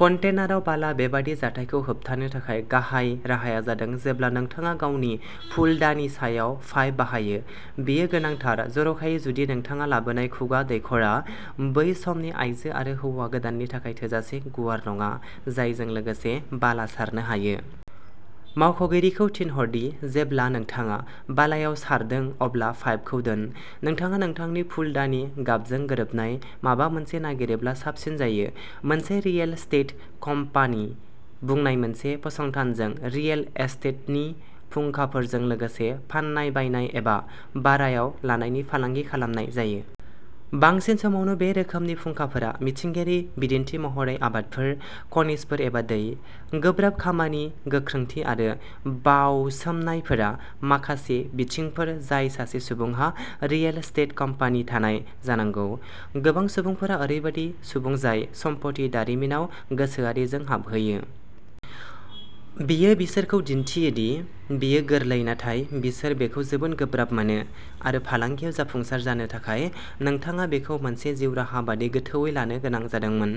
कन्टेनाराव बाला बेबादि जाथायखौ होबथानो थाखाय गाहाय राहाया जादों जेब्ला नोंथाङा गावनि फुलदानि सायाव पाइप बाहायो। बेयो गोनांथार जर'खायै जुदि नोंथाङा लाबोनाय खुगा दैखरआ बै समनि आइजो आरो हौवा गोदाननि थाखाय थोजासे गुवार नङा, जायजों लोगोसे बाला सारनो हायो। मावख'गिरिखौ थिनहर दि जेब्ला नोंथाङा बालायाव सारदों अब्ला पाइपखौ दोन। नोंथाङा नोंथांनि फुलदानि गाबजों गोरोबनाय माबा मोनसे नागिरोब्ला साबसिन जायो। मोनसे रियेल एस्टेट कम्पानि बुंनाय मोनसे फसंथानजों रियेल एस्टेटनि फुंखाफोरजों लोगोसे फाननाय, बायनाय एबा भारायाव लानायनि फालांगि खालामनाय जायो। बांसिन समावनो बे रोखोमनि फुंखाफोरा मिथिंगायारि बिदिन्थि महरै आबादफोर, खनिजफोर एबा दै। गोब्राब खामानि, गोख्रोंथि आरो बाउसोमनायफोरा माखासे बिथिंफोर जाय सासे सुबुंहा रियेल एस्टेट कम्पानि थानाय जानांगौ। गोबां सुबुंफोरा ओरैबायदि सुबुं जाय सम्पथि दारिमिनाव गोसोआरिजों हाबहैयो। बेयो बिसोरखौ दिन्थियो दि बेयो गोरलै नाथाय, बिसोर बेखौ जोबोद गोब्राब मोनो आरो फालांगियाव जाफुंसार जानो थाखाय नोंथाङा बेखौ मोनसे जिउ राहा बायदि गोथौवै लानो गोनां जादोंमोन,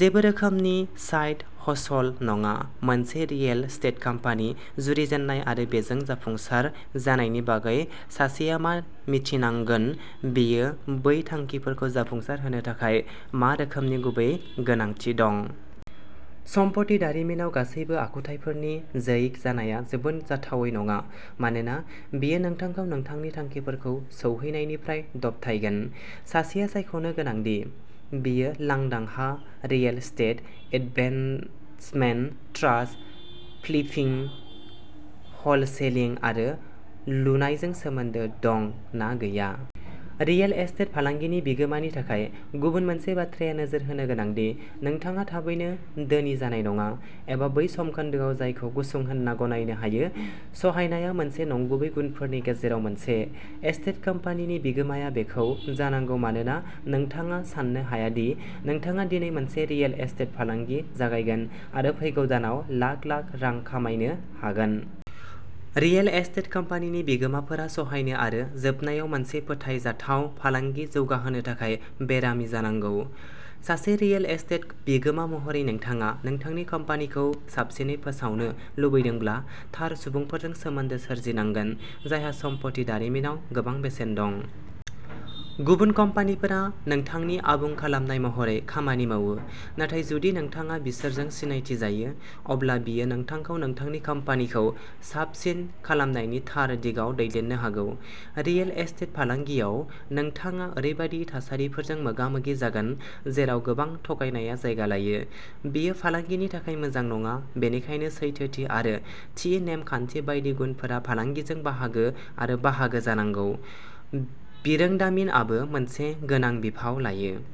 जेबो रोखोमनि साइड हसल नङा। मोनसे रियेल एस्टेट कम्पानि जुरिजेननाय आरो बेजों जाफुंसार जानायनि बागै सासेआ मा मिन्थिनांगोन, बेयो बै थांखिफोरखौ जाफुंसारहोनो थाखाय मा रोखोमनि गुबै गोनांथि दं। सम्पथि दारिमिनाव गासैबो आखुथाइफोरनि जैक जानाया जोबोद जाथावै नङा मानोना बेयो नोंथांखौ नोंथांनि थांखिफोरखौ सौहैनायनिफ्राय दबथायगोन। सासेआ सायख'नो गोनां दि बेयो लांदां हा, real estate investment trust, flipping, wholesaling आरो लुनायजों सोमोन्दो दं ना गैया। रियेल एस्टेट फालांगिनि बिगोमानि थाखाय गुबुन मोनसे बाथ्राया नोजोर होनो गोनां दि नोंथाङा थाबैनो धोनि जानाय नङा एबा बै समखोन्दोआव जायखौ गुसुं होनना गनायनो हायो। सहायनाया मोनसे नंगुबै गुनफोरनि गेजेराव मोनसे। एस्टेट कम्पानिनि बिगोमाया बेखौ जानांगौ मानोना नोंथाङा साननो हाया दि नोंथाङा दिनै मोनसे रियेल एस्टेट फालांगि जागायगोन आरो फैगौ दानाव लाख लाख रां खामायनो हागोन। रियेल एस्टेट कम्पानिनि बिगोमाफोरा सहायनो आरो जोबनायाव मोनसे फोथायजाथाव फालांगि जौगाहोनो थाखाय बेरामि जानांगौ। सासे रियेल एस्टेट बिगोमा महरै नोंथाङा नोंथांनि कम्पानिखौ साबसिनै फोसावनो लुबैदोंब्ला थार सुबुंफोरजों सोमोन्दो सोरजिनांगोन जायहा सम्पथि दारिमिनाव गोबां बेसेन दं। गुबुन कम्पानिफोरा नोंथांनि आबुं खालामनाय महरै खामानि मावो नाथाय जुदि नोंथाङा बिसोरजों सिनायथि जायो अब्ला बेयो नोंथांखौ नोंथांनि कम्पानिखौ साबसिन खालामनायनि थार दिगाव दैदेननो हागौ। रियेल एस्टेट फालांगियाव नोंथाङा ओरैबायदि थासारिफोरजों मोगा-मोगि जागोन जेराव गोबां थगायनाया जायगा लायो, बेयो फालांगिनि थाखाय मोजां नङा, बेनिखायनो सैथोथि आरो थि नेम खान्थि बायदि गुनफोरा फालांगिजों बाहागो आरो बाहागो जानांगौ। बिरोंदामिनआबो मोनसे गोनां बिफाव लायो।